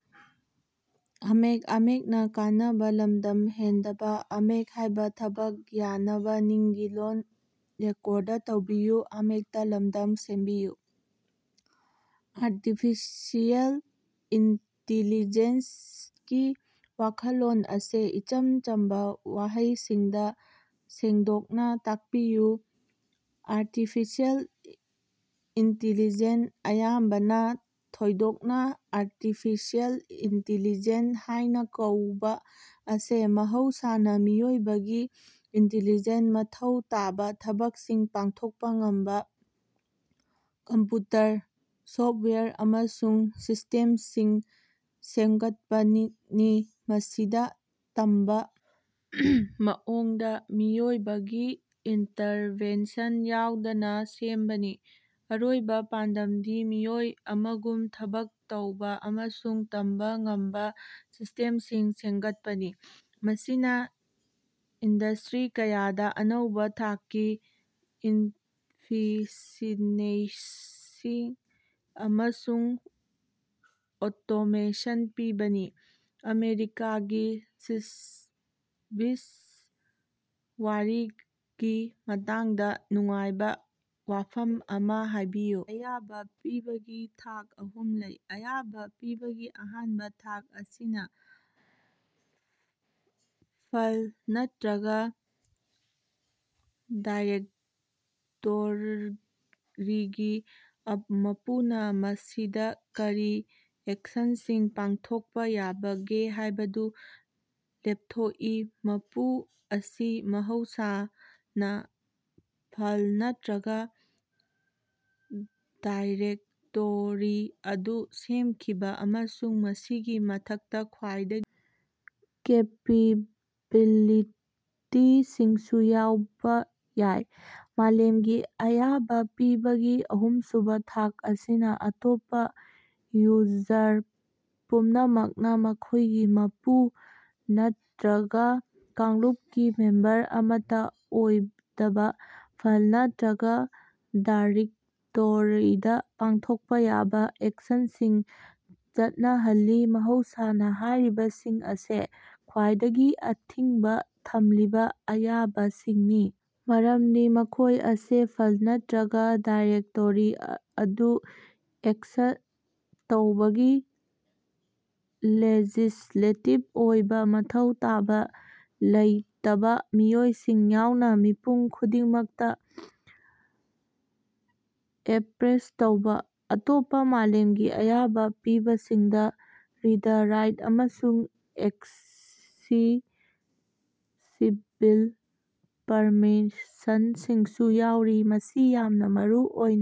Artificial ꯏꯟꯇꯦꯂꯤꯖꯦꯟꯀꯤ ꯋꯥꯈꯜꯂꯣꯟ ꯑꯁꯤ ꯏꯆꯝ ꯆꯝꯕꯥ ꯋꯥꯍꯩꯁꯤꯡꯗꯥ ꯁꯟꯗꯣꯛꯅꯥ ꯇꯥꯛꯄꯤꯌꯨ꯫ ꯑꯥꯔꯇꯤꯐꯤꯁꯤꯑꯦꯜ ꯏꯟꯇꯦꯂꯤꯖꯦꯟ, ꯑꯌꯥꯝꯕꯅꯥ ꯊꯣꯏꯗꯣꯛꯅꯥ ꯑꯥꯔꯇꯤꯐꯤꯁꯤꯑꯦꯜ ꯏꯟꯇꯦꯂꯤꯖꯦꯟ ꯍꯥꯏꯅꯥ ꯀꯧꯕꯥ ꯑꯁꯦ ꯃꯍꯧꯁꯥꯅꯥ ꯃꯤꯑꯣꯏꯕꯒꯤ ꯏꯟꯇꯦꯂꯤꯖꯦꯟꯁ ꯃꯊꯧ ꯇꯥꯕꯥ ꯊꯕꯛꯁꯤꯡ ꯄꯥꯡꯊꯣꯛꯄꯥ ꯉꯝꯕꯥ ꯀꯝꯄ꯭ꯌꯨꯇꯔ ꯁꯣꯞꯋꯦꯌꯔ ꯑꯃꯁꯨꯡ ꯁꯤꯁꯇꯦꯝꯁꯤꯡ ꯁꯦꯝꯒꯠꯄꯅꯤ꯫ ꯃꯁꯤꯗꯥ ꯇꯝꯕꯥ, ꯃꯑꯣꯡꯗꯥ, ꯃꯤꯑꯣꯏꯕꯒꯤ ꯏꯟꯇꯔꯚꯦꯟꯁꯟ ꯌꯥꯎꯗꯅꯥ ꯁꯦꯝꯕꯅꯤ꯫ ꯑꯔꯣꯏꯕꯥ ꯄꯥꯟꯗꯝꯗꯤ ꯃꯤꯑꯣꯏ ꯑꯃꯒꯨꯝ ꯊꯕꯛ ꯇꯧꯕꯥ ꯑꯃꯁꯨꯡ ꯇꯝꯕꯥ ꯉꯝꯕꯥ ꯁꯤꯁꯇꯦꯝꯁꯤꯡ ꯁꯦꯝꯒꯠꯄꯅꯤ, ꯃꯁꯤꯅꯥ ꯏꯟꯗꯁꯇ꯭ꯔꯤ ꯀꯌꯥꯗꯥ ꯑꯅꯧꯕꯥ ꯊꯥꯛꯀꯤ ꯏꯐꯤꯁꯤꯟꯅꯦꯟꯁꯤ ꯑꯃꯁꯨꯡ ꯑꯣꯇꯣꯃꯦꯁꯟ ꯄꯤꯕꯅꯤ꯫ ꯑꯃꯦꯔꯤꯀꯥꯒꯤ ꯁꯤꯁꯕꯤꯁ ꯋꯥꯔꯒꯤ ꯃꯇꯥꯡꯗꯥ ꯅꯨꯡꯉꯥꯏꯕꯥ ꯋꯥꯐꯝ ꯑꯃꯥ ꯍꯥꯏꯕꯤꯌꯨ꯫ ꯑꯌꯥꯕꯥ ꯄꯤꯕꯒꯤ ꯊꯥꯛ ꯑꯍꯨꯝ ꯂꯩ: ꯑꯌꯥꯕ ꯄꯤꯕꯒꯤ ꯑꯍꯥꯟꯕꯥ ꯊꯥꯛ ꯑꯁꯤꯅꯥ ꯐꯥꯏꯜ ꯅꯠꯇ꯭ꯔꯒꯥ ꯗꯥꯏꯔꯦꯛꯇꯣꯔꯤꯒꯤ ꯃꯄꯨꯅꯥ ꯃꯁꯤꯗꯥ ꯀꯔꯤ ꯑꯦꯛꯁꯟꯁꯤꯡ ꯄꯥꯡꯊꯣꯛꯄꯥ ꯌꯥꯕꯒꯦ ꯍꯥꯏꯕꯗꯨ ꯂꯦꯞꯊꯣꯛꯏ꯫ ꯃꯄꯨ ꯑꯁꯤ ꯃꯍꯧꯁꯥꯅ ꯐꯥꯏꯜ ꯅꯠꯇ꯭ꯔꯒꯥ ꯗꯥꯏꯔꯦꯛꯇꯣꯔꯤ ꯑꯗꯨ ꯁꯦꯝꯈꯤꯕꯥ ꯑꯃꯁꯨꯡ ꯃꯁꯤꯒꯤ ꯃꯊꯛꯇꯥ ꯈ꯭ꯋꯥꯏꯗꯒꯤ ꯀꯦꯄꯦꯕꯤꯂꯤꯇꯤꯁꯤꯡꯁꯨ ꯌꯥꯎꯕꯥ ꯌꯥꯏ꯫ ꯃꯥꯂꯦꯝꯒꯤ ꯑꯌꯥꯕꯥ ꯄꯤꯕꯒꯤ ꯑꯍꯨꯝꯁꯨꯕꯥ ꯊꯥꯛ ꯑꯁꯤꯅꯥ ꯑꯇꯣꯞꯄꯥ ꯌꯨꯖꯔ ꯄꯨꯝꯅꯃꯛꯅꯥ, ꯃꯈꯣꯏꯒꯤ ꯃꯄꯨ ꯅꯠꯇ꯭ꯔꯒꯥ ꯀꯥꯡꯂꯨꯞꯀꯤ ꯃꯦꯝꯕꯔ ꯑꯃꯠꯇꯥ ꯑꯣꯏꯗꯕꯥ, ꯐꯥꯏꯜ ꯅꯠꯇ꯭ꯔꯒꯥ ꯗꯥꯏꯔꯦꯛꯇꯣꯔꯤꯗꯥ ꯄꯥꯡꯊꯣꯛꯄꯥ ꯌꯥꯕꯥ ꯑꯦꯛꯁꯟꯁꯤꯡ ꯆꯠꯅꯍꯜꯂꯤ꯫ ꯃꯍꯧꯁꯥꯅꯥ ꯍꯥꯏꯔꯤꯕꯁꯤꯡ ꯑꯁꯦ ꯈ꯭ꯋꯥꯏꯗꯒꯤ ꯑꯊꯤꯡꯕꯥ ꯊꯝꯂꯤꯕꯥ ꯑꯌꯥꯕꯁꯤꯡꯅꯤ, ꯃꯔꯝꯗꯤ ꯃꯈꯣꯏ ꯑꯁꯤ ꯐꯥꯏꯜ ꯅꯠꯇ꯭ꯔꯒꯥ ꯗꯥꯏꯔꯦꯛꯇꯣꯔꯤ ꯑꯗꯨ ꯑꯦꯛꯁꯦꯞ ꯇꯧꯕꯒꯤ ꯂꯦꯖꯤꯁꯂꯦꯇꯤꯞ ꯑꯣꯏꯕꯥ ꯃꯊꯧ ꯇꯥꯕꯥ ꯂꯩꯇꯕꯥ ꯃꯤꯑꯣꯏꯁꯤꯡ ꯌꯥꯎꯅꯥ ꯃꯤꯄꯨꯝ ꯈꯨꯗꯤꯡꯃꯛꯇꯥ ꯑꯦꯄ꯭ꯔꯦꯁ ꯇꯧꯕ꯫ ꯑꯇꯣꯞꯄꯥ ꯃꯥꯂꯦꯝꯒꯤ ꯑꯌꯥꯕꯥ ꯄꯤꯕꯁꯤꯡꯗꯥ ꯔꯤꯗ, ꯔꯥꯏꯠ ꯑꯃꯁꯨꯡ ꯑꯦꯛꯁꯦꯁꯤꯕꯜ ꯄꯔꯃꯤꯁꯟꯁꯤꯡꯁꯨ ꯌꯥꯎꯔꯤ꯫ ꯃꯁꯤ ꯌꯥꯝꯅꯥ ꯃꯔꯨꯑꯣꯏꯅꯥ